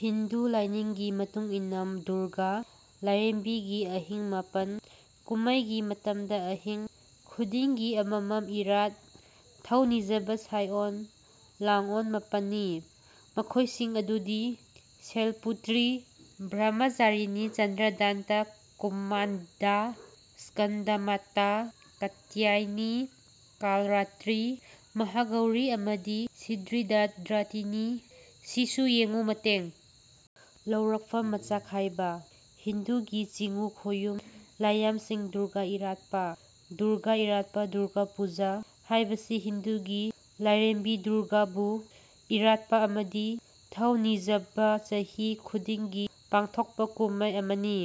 ꯍꯤꯟꯗꯨ ꯂꯥꯢꯅꯤꯡꯒꯤ ꯃꯇꯨꯡꯏꯟꯅ ꯗꯨꯔꯒꯥ ꯂꯥꯢꯔꯦꯝꯕꯤꯒꯤ ꯑꯍꯤꯡ ꯃꯥꯄꯟ ꯀꯨꯝꯃꯩꯒꯤ ꯃꯇꯝꯗ ꯑꯍꯤꯡ ꯈꯨꯗꯤꯡꯒꯤ ꯑꯃꯃꯝ ꯏꯔꯥꯠ ꯊꯧꯅꯤꯖꯕ ꯁꯥꯢꯑꯣꯟ ꯂꯥꯡꯑꯣꯟ ꯃꯥꯄꯟ ꯅꯤ꯫ ꯃꯈꯣꯢꯁꯤꯡ ꯑꯗꯨꯗꯤ ꯁꯩꯜꯄꯨꯇ꯭ꯔꯤ, ꯕ꯭ꯔꯍ꯭ꯃꯥꯆꯥꯔꯤꯅꯤ, ꯆꯟꯗ꯭ꯔꯘꯟꯇꯥ, ꯀꯨꯁꯃꯥꯟꯗꯥ, ꯁ꯭ꯀꯟꯗꯃꯥꯇꯥ, ꯀꯥꯇ꯭ꯌꯥꯏꯅꯤ, ꯀꯥꯜꯔꯥꯇ꯭ꯔꯤ, ꯃꯍꯥꯒꯧꯔꯤ ꯑꯃꯗꯤ ꯁꯤꯗ꯭ꯙꯤꯗꯥꯇ꯭ꯔꯤꯅꯤ꯫ ꯁꯤꯁꯨ ꯌꯦꯡꯉꯨ ꯃꯇꯦꯡ ꯂꯧꯔꯛꯐꯝ ꯃꯆꯥꯈꯥꯏꯕ:ꯍꯤꯟꯗꯨꯒꯤ ꯆꯤꯉꯨ ꯈꯣꯌꯨꯝ ꯂꯥꯢꯌꯥꯝꯁꯤꯡ ꯗꯨꯔꯒꯥ ꯏꯂꯥꯠꯄ (ꯗꯨꯔꯒꯥ ꯏꯔꯥꯠꯄ, ꯗꯨꯔꯒꯥ ꯄꯨꯖꯥ)ꯍꯥꯏꯕꯁꯤ ꯍꯤꯟꯗꯨꯒꯤ ꯂꯥꯢꯔꯦꯝꯕꯤ ꯗꯨꯔꯒꯥ ꯕꯨ ꯏꯔꯥꯠꯄ ꯑꯃꯗꯤ ꯊꯧꯅꯤꯖꯕ ꯆꯍꯤ ꯈꯨꯗꯤꯡꯒꯤ ꯄꯥꯡꯊꯣꯛꯄ ꯀꯨꯝꯃꯩ ꯑꯃꯅꯤ꯫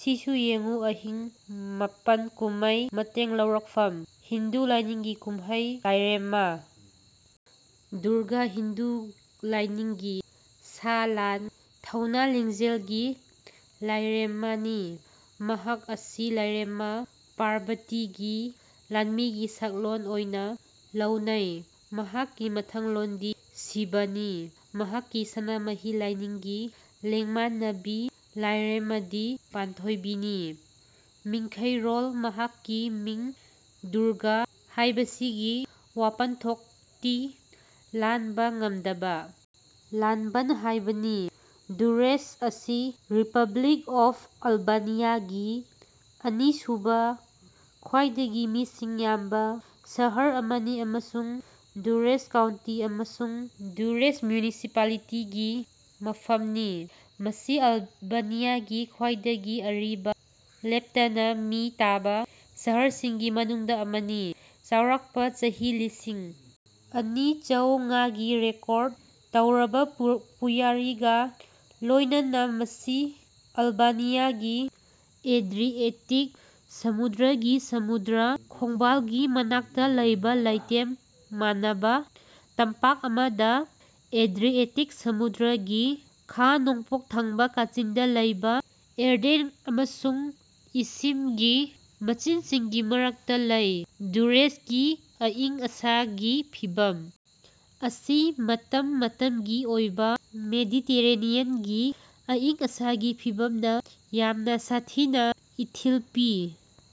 ꯁꯤꯁꯨ ꯌꯦꯡꯉꯨ ꯑꯍꯤꯡ ꯃꯥꯄꯟ ꯀꯨꯝꯍꯩ ꯃꯇꯦꯡ ꯂꯧꯔꯛꯐꯝ:ꯍꯤꯟꯗꯨ ꯂꯥꯏꯅꯤꯡꯒꯤ ꯀꯨꯝꯍꯩ ꯂꯥꯢꯔꯦꯝꯃ ꯗꯨꯔꯒꯥ ꯍꯤꯟꯗꯨ ꯂꯥꯢꯅꯤꯡꯒꯤ ꯁꯥ ꯂꯥꯟ, ꯊꯧꯅꯥ ꯂꯤꯡꯖꯦꯜꯒꯤ ꯂꯥꯢꯔꯦꯝꯃꯥ ꯅꯤ꯫ ꯃꯍꯥꯛ ꯑꯁꯤ ꯂꯥꯢꯔꯦꯝꯃ ꯄꯥꯔꯕꯇꯤꯒꯤ ꯂꯥꯟꯃꯤꯒꯤ ꯁꯛꯂꯣꯟ ꯑꯣꯢꯅ ꯂꯧꯅꯩ꯫ꯃꯍꯥꯛꯀꯤ ꯃꯊꯪꯂꯦꯟꯗꯤ ꯁꯤꯚꯅꯤ꯫ ꯃꯍꯥꯛꯀꯤ ꯁꯅꯥꯃꯍꯤ ꯂꯥꯢꯅꯤꯡꯒꯤ ꯂꯦꯡꯃꯥꯟꯅꯕꯤ ꯂꯥꯢꯔꯦꯝꯃꯗꯤ ꯄꯥꯟꯊꯣꯢꯕꯤꯅꯤ꯫ ꯃꯤꯡꯈꯩꯔꯣꯜ ꯃꯍꯥꯛꯀꯤ ꯃꯤꯡ "ꯗꯨꯔꯒꯥ" ꯍꯥꯢꯕꯁꯤꯒꯤ ꯋꯥꯄꯟꯊꯣꯛꯇꯤ "ꯂꯥꯟꯕ ꯉꯝꯗꯕ ꯂꯥꯟꯕꯟ" ꯍꯥꯢꯕꯅꯤ꯫ ꯗꯨꯔꯔꯦꯁ ꯑꯁꯤ ꯔꯤꯄꯕ꯭ꯂꯤꯛ ꯑꯣꯐ ꯑꯜꯕꯥꯅꯤꯌꯥꯒꯤ ꯑꯅꯤꯁꯨꯕ ꯈ꯭ꯋꯥꯏꯗꯒꯤ ꯃꯤꯁꯤꯡ ꯌꯥꯝꯕ ꯁꯍꯔ ꯑꯃꯅꯤ ꯑꯃꯁꯨꯡ ꯗꯨꯔꯦꯁ ꯀꯥꯎꯟꯇꯤ ꯑꯃꯁꯨꯡ ꯗꯨꯔꯔꯦꯁ ꯃ꯭ꯌꯨꯅꯤꯁꯤꯄꯥꯂꯤꯇꯤꯒꯤ ꯃꯐꯝꯅꯤ꯫ ꯃꯁꯤ ꯑꯜꯕꯥꯅꯤꯌꯥꯒꯤ ꯈ꯭ꯋꯥꯏꯗꯒꯤ ꯑꯔꯤꯕ ꯂꯦꯞꯇꯅ ꯃꯤ ꯇꯥꯕ ꯁꯍꯔꯁꯤꯡꯒꯤ ꯃꯅꯨꯡꯗ ꯑꯃꯅꯤ, ꯆꯥꯎꯔꯥꯛꯅ ꯆꯍꯤ ꯂꯤꯁꯤꯡ ꯑꯅꯤ ꯆꯧꯉꯥꯒꯤ ꯔꯦꯀꯣꯔꯠ ꯇꯧꯔꯕ ꯄꯨ ꯄꯨꯋꯥꯔꯤꯒ ꯂꯣꯏꯅꯅ꯫ ꯃꯁꯤ ꯑꯜꯕꯥꯅꯤꯌꯥꯒꯤ ꯑꯦꯗ꯭ꯔꯤꯑꯦꯇꯤꯛ ꯁꯃꯨꯗ꯭ꯔꯒꯤ ꯁꯃꯨꯗ꯭ꯔ ꯈꯣꯡꯕꯥꯜꯒꯤ ꯃꯅꯥꯛꯇ ꯂꯩꯕ ꯂꯩꯇꯦꯝ ꯃꯥꯟꯅꯕ ꯇꯝꯄꯥꯛ ꯑꯃꯗ ꯑꯦꯗ꯭ꯔꯤꯑꯦꯇꯤꯛ ꯁꯃꯨꯗ꯭ꯔꯒꯤ ꯈꯥ-ꯅꯣꯡꯄꯣꯛ ꯊꯪꯕ ꯀꯥꯆꯤꯟꯗ ꯂꯩꯕ ꯑꯦꯔꯖꯦꯟ ꯑꯃꯁꯨꯡ ꯏꯁꯤꯝꯒꯤ ꯃꯆꯤꯟꯁꯤꯡꯒꯤ ꯃꯔꯛꯇ ꯂꯩ꯫ ꯗꯨꯔꯔꯦꯁꯀꯤ ꯑꯏꯪ-ꯑꯁꯥꯒꯤ ꯐꯤꯚꯝ ꯑꯁꯤ ꯃꯇꯝ ꯃꯇꯝꯒꯤ ꯑꯣꯏꯕ ꯃꯦꯗꯤꯇꯦꯔꯦꯅꯤꯌꯟꯒꯤ ꯑꯏꯪ-ꯑꯁꯥꯒꯤ ꯐꯤꯚꯝꯅ ꯌꯥꯝꯅ ꯁꯥꯊꯤꯅ ꯏꯊꯤꯜ ꯄꯤ꯫